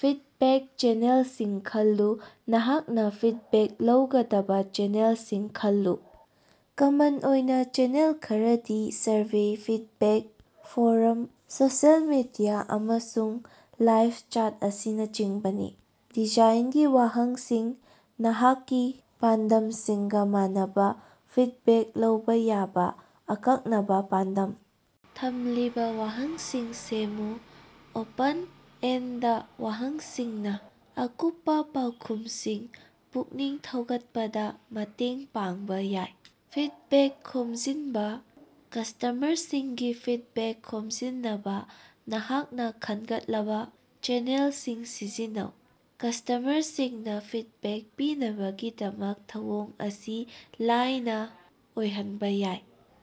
Feedback ꯆꯦꯅꯦꯜꯁꯤꯡ ꯈꯜꯂꯨ - ꯅꯍꯥꯛꯅ ꯐꯤꯗꯕꯦꯛ ꯂꯧꯒꯗꯕ ꯆꯦꯅꯦꯜꯁꯤꯡ ꯈꯜꯂꯨ꯫ ꯀꯃꯟ ꯑꯣꯏꯕ ꯆꯦꯅꯦꯜ ꯈꯔꯗꯤ survey, feedback form, social media, ꯑꯃꯁꯨꯡ ꯂꯥꯏ꯭ꯕ ꯆꯦꯠ ꯑꯁꯤꯅꯆꯤꯡꯕꯅꯤ꯫ ꯗꯤꯖꯥꯏꯟꯒꯤ ꯋꯥꯍꯪꯁꯤꯡ - ꯅꯍꯥꯛꯀꯤ ꯄꯥꯟꯗꯝꯁꯤꯡꯒ ꯃꯥꯟꯅꯕꯥ ꯐꯤꯗꯕꯦꯛ ꯂꯧꯕ ꯌꯥꯕ ꯑꯀꯛꯅꯕ, ꯄꯥꯟꯗꯝ ꯊꯝꯂꯤꯕ ꯋꯥꯍꯪꯁꯤꯡ ꯁꯦꯝꯃꯨ꯫ ꯑꯣꯄꯟ-ꯑꯦꯟꯗ ꯋꯥꯍꯪꯁꯤꯡꯅ ꯑꯀꯨꯞꯄ ꯄꯥꯎꯈꯨꯝꯁꯤꯡ ꯄꯨꯛꯅꯤꯡ ꯊꯧꯒꯠꯄꯗ ꯃꯇꯦꯡ ꯄꯥꯡꯕ ꯌꯥꯏ꯫ ꯐꯤꯗꯕꯦꯛ ꯈꯣꯝꯖꯤꯟꯕ - ꯀꯁ꯭ꯇꯃꯔꯁꯤꯡꯗꯒꯤ ꯐꯤꯗꯕꯦꯛ ꯈꯣꯝꯖꯤꯟꯅꯕꯥ ꯅꯍꯥꯛꯅ ꯈꯟꯒꯠꯂꯕ ꯆꯦꯅꯦꯜꯁꯤꯡ ꯁꯤꯖꯤꯟꯅꯧ꯫ ꯀꯁ꯭ꯇꯃꯔꯁꯤꯡꯅ ꯐꯤꯗꯕꯦꯛ ꯄꯤꯅꯕꯒꯤꯗꯃꯛ ꯊꯧꯑꯣꯡ ꯑꯁꯤ ꯂꯥꯏꯅꯥ ꯑꯣꯏꯍꯟꯕ ꯌꯥꯏ꯫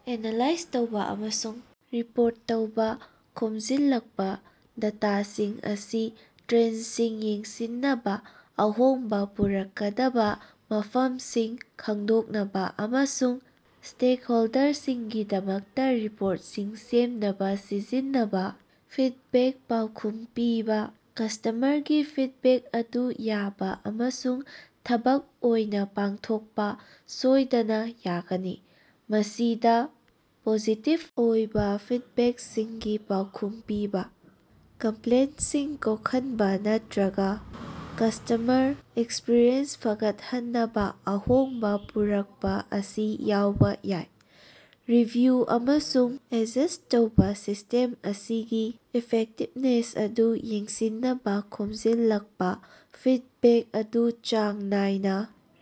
ꯑꯦꯅꯥꯂꯥꯏꯖ ꯇꯧꯕ ꯑꯃꯁꯨꯡ ꯔꯤꯄꯣꯔꯠ ꯇꯧꯕ - ꯈꯣꯝꯖꯤꯜꯂꯛꯄ ꯗꯥꯇꯥꯁꯤꯡ ꯑꯁꯤ ꯇ꯭ꯔꯦꯟꯗꯁꯤꯡ ꯌꯦꯡꯁꯤꯟꯅꯕꯥ, ꯑꯍꯣꯡꯕ ꯄꯨꯔꯛꯀꯗꯕꯥ ꯃꯐꯝꯁꯤꯡ ꯈꯪꯗꯣꯛꯅꯕ ꯑꯃꯁꯨꯡ ꯁ꯭ꯇꯦꯛꯍꯣꯜꯗꯔꯁꯤꯡꯒꯤꯗꯃꯛꯇ ꯔꯤꯄꯣ꯭ꯔꯠꯁꯤꯡ ꯁꯦꯝꯅꯕ ꯁꯤꯖꯤꯟꯅꯕꯥ꯫ ꯐꯤꯗꯕꯦꯛꯇ ꯄꯥꯎꯈꯨꯝ ꯄꯤꯕ - ꯀꯁ꯭ꯇꯃꯔꯒꯤ ꯐꯤꯗꯕꯦꯛ ꯑꯗꯨ ꯌꯥꯕ ꯑꯃꯁꯨꯡ ꯊꯕꯛ ꯑꯣꯏꯅ ꯄꯥꯡꯊꯣꯛꯄ ꯁꯣꯏꯗꯅ ꯌꯥꯒꯅꯤ꯫ ꯃꯁꯤꯗ ꯄꯣꯖꯤꯇꯤꯚ ꯑꯣꯏꯕ ꯐꯤꯗꯕꯦꯛꯁꯤꯡꯒꯤ ꯄꯥꯎꯈꯨꯝ ꯄꯤꯕ, ꯀꯝꯄ꯭ꯂꯦꯟꯇꯁꯤꯡ ꯀꯣꯛꯍꯟꯕ ꯅꯠꯇꯔꯒ ꯀꯁ꯭ꯇꯃꯔ ꯑꯦꯛꯁꯄꯤꯔꯤꯑꯦꯟꯁ ꯐꯒꯠꯍꯟꯅꯕꯥ ꯑꯍꯣꯡꯕ ꯄꯨꯔꯛꯄ ꯑꯁꯤ ꯌꯥꯎꯕ ꯌꯥꯏ꯫ ꯔꯤꯚꯤꯌꯨ ꯑꯃꯁꯨꯡ ꯑꯦꯗꯖꯁ꯭ꯠ ꯇꯧꯕ - ꯁꯤꯁꯇꯦꯝ ꯑꯁꯤꯒꯤ ꯏꯐꯦꯛꯇꯤꯕꯅꯦꯁ ꯑꯗꯨ ꯌꯦꯡꯁꯤꯟꯅꯕ ꯈꯣꯝꯖꯤꯜꯂꯛꯄ ꯐꯤꯗꯕꯦꯛ ꯑꯗꯨ ꯆꯥꯡ ꯅꯥꯏꯅꯥ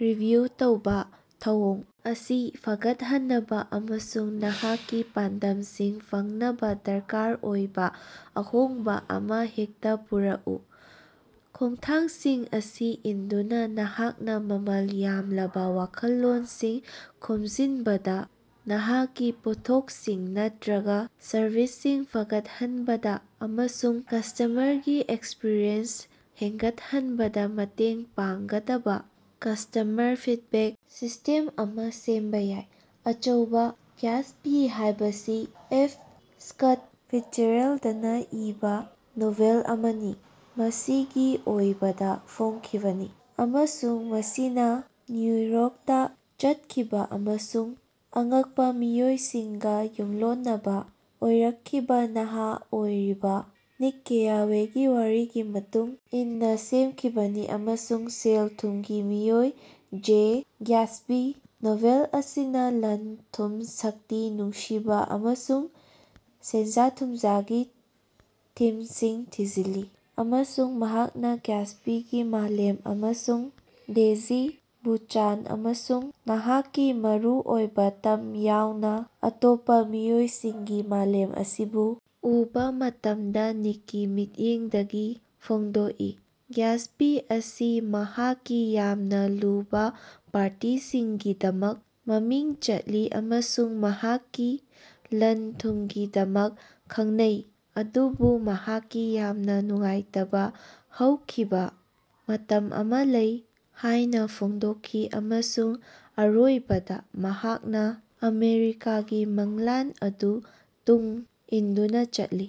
ꯔꯤꯚꯤꯌꯨ ꯇꯧꯕ꯫ ꯊꯧꯑꯣꯡ ꯑꯁꯤ ꯐꯒꯠꯍꯟꯅꯕꯥ ꯑꯃꯁꯨꯡ ꯅꯍꯥꯛꯀꯤ ꯄꯥꯟꯗꯝꯁꯤꯡ ꯐꯪꯅꯕ ꯗꯔꯀꯥꯔ ꯑꯣꯏꯕ ꯑꯍꯣꯡꯕ‌ ꯑꯃ ꯍꯦꯛꯇ ꯄꯨꯔꯛꯎ꯫ ꯈꯣꯡꯊꯥꯡꯁꯤꯡ ꯑꯁꯤ ꯏꯟꯗꯨꯅ, ꯅꯍꯥꯛꯅ ꯃꯃꯜ ꯌꯥꯝꯂꯥꯕ ꯋꯥꯈꯜꯂꯣꯟꯁꯤꯡ ꯈꯣꯝꯖꯤꯟꯕꯗꯥ, ꯅꯍꯥꯛꯀꯤ ꯄꯣꯠꯊꯣꯛꯁꯤꯡ ꯅꯠꯇꯔꯒ ꯁꯔꯚꯤꯁꯁꯤꯡ ꯐꯒꯠꯍꯟꯕꯗꯥ ꯑꯃꯁꯨꯡ ꯀꯁ꯭ꯇꯃꯔꯒꯤ ꯑꯦꯛꯁꯄꯤꯔꯤꯑꯦꯟꯁ ꯍꯦꯟꯒꯠꯍꯟꯕꯥꯗ ꯃꯇꯦꯡ ꯄꯥꯡꯒꯗꯕꯥ ꯀꯁ꯭ꯇꯃꯔ ꯐꯤꯗꯕꯦꯛ ꯁꯤꯁꯇꯦꯝ ꯑꯃ ꯁꯦꯝꯕ ꯌꯥꯏ꯫ ꯑꯆꯧꯕ ꯒ꯭ꯌꯥꯠꯁꯕꯤ ꯍꯥꯏꯕꯁꯤ ꯑꯦꯐ ꯁ꯭ꯀꯠ ꯐꯤꯠꯖꯦꯔꯥꯜꯗꯅꯥ ꯏꯕ ꯅꯣꯚꯦꯜ ꯑꯃꯅꯤ, ꯃꯁꯤ ꯒꯤ ꯑꯔꯣꯏꯕꯗꯥ ꯐꯣꯡꯈꯤꯕꯅꯤ ꯑꯃꯁꯨꯡ ꯃꯁꯤꯅ ꯅ꯭ꯌꯨ ꯌꯣ꯭ꯔꯛꯇꯥ ꯆꯠꯈꯤꯕ ꯑꯃꯁꯨꯡ ꯑꯉꯛꯄ ꯃꯤꯑꯣꯏꯁꯤꯡꯒ ꯌꯨꯝꯂꯣꯟꯅꯕ ꯑꯣꯏꯔꯛꯈꯤꯕ ꯅꯍꯥ ꯑꯣꯏꯔꯤꯕ ꯅꯤꯛ ꯀꯦꯔꯥꯋꯦꯒꯤ ꯋꯥꯔꯤꯒꯤ ꯃꯇꯨꯡ ꯏꯟꯅ ꯁꯦꯝꯈꯤꯕꯅꯤ ꯑꯃꯁꯨꯡ ꯁꯦꯜ ꯊꯨꯝꯒꯤ ꯃꯤꯑꯣꯏ ꯖꯦ ꯒ꯭ꯌꯥꯠꯁꯕꯤ꯫ ꯅꯣꯚꯦꯜ ꯑꯁꯤꯅ ꯂꯟ-ꯊꯨꯝ, ꯁꯛꯇꯤ, ꯅꯨꯡꯁꯤꯕ ꯑꯃꯁꯨꯡ ꯁꯦꯟꯖꯥ-ꯊꯨꯝꯖꯥꯒꯤ ꯊꯤꯝꯁꯤꯡ ꯊꯤꯖꯤꯜꯂꯤ ꯑꯃꯁꯨꯡ ꯃꯍꯥꯛꯅ ꯒ꯭ꯌꯥꯇꯁꯕꯤꯒꯤ ꯃꯥꯂꯦꯝ ꯑꯃꯁꯨꯡ ꯗꯦꯖꯤ ꯕꯨꯆꯥꯅꯟ ꯑꯃꯁꯨꯡ ꯃꯍꯥꯛꯀꯤ ꯃꯄꯨꯔꯣꯏꯕ ꯇꯝ ꯌꯥꯎꯅ ꯑꯇꯣꯞꯄ ꯃꯤꯑꯣꯏꯁꯤꯡꯒꯤ ꯃꯥꯂꯦꯝ ꯑꯁꯤꯕꯨ ꯎꯕꯥ ꯃꯇꯝꯗ ꯅꯤꯛꯀꯤ ꯃꯤꯠꯌꯦꯡꯗꯒꯤ ꯐꯣꯡꯗꯣꯛꯏ꯫ ꯒ꯭ꯌꯥꯇꯁꯕꯤ ꯑꯁꯤ ꯃꯍꯥꯛꯀꯤ ꯌꯥꯝꯅ ꯂꯨꯕ ꯄꯥꯔꯇꯤꯁꯤꯡꯒꯤꯗꯃꯛ ꯃꯃꯤꯡ ꯆꯠꯂꯤ ꯑꯃꯁꯨꯡ ꯃꯍꯥꯛꯀꯤ ꯂꯟ-ꯊꯨꯝꯒꯤꯗꯃꯛ ꯈꯪꯅꯩ ꯑꯗꯨꯕꯨ ꯃꯍꯥꯛꯀꯤ ꯌꯥꯝꯅ ꯅꯨꯡꯉꯥꯏꯇꯕꯥ ꯍꯧꯈꯤꯕ ꯃꯇꯝ ꯑꯃ ꯂꯩ ꯍꯥꯏꯅ ꯐꯣꯡꯗꯣꯛꯈꯤ ꯑꯃꯁꯨꯡ ꯑꯔꯣꯏꯕꯗꯥ ꯃꯍꯥꯛꯅ ꯑꯃꯦꯔꯤꯀꯥꯒꯤ ꯃꯪꯂꯥꯟ ꯑꯗꯨ ꯇꯨꯡ ꯏꯟꯗꯨꯅ ꯆꯠꯂꯤ꯫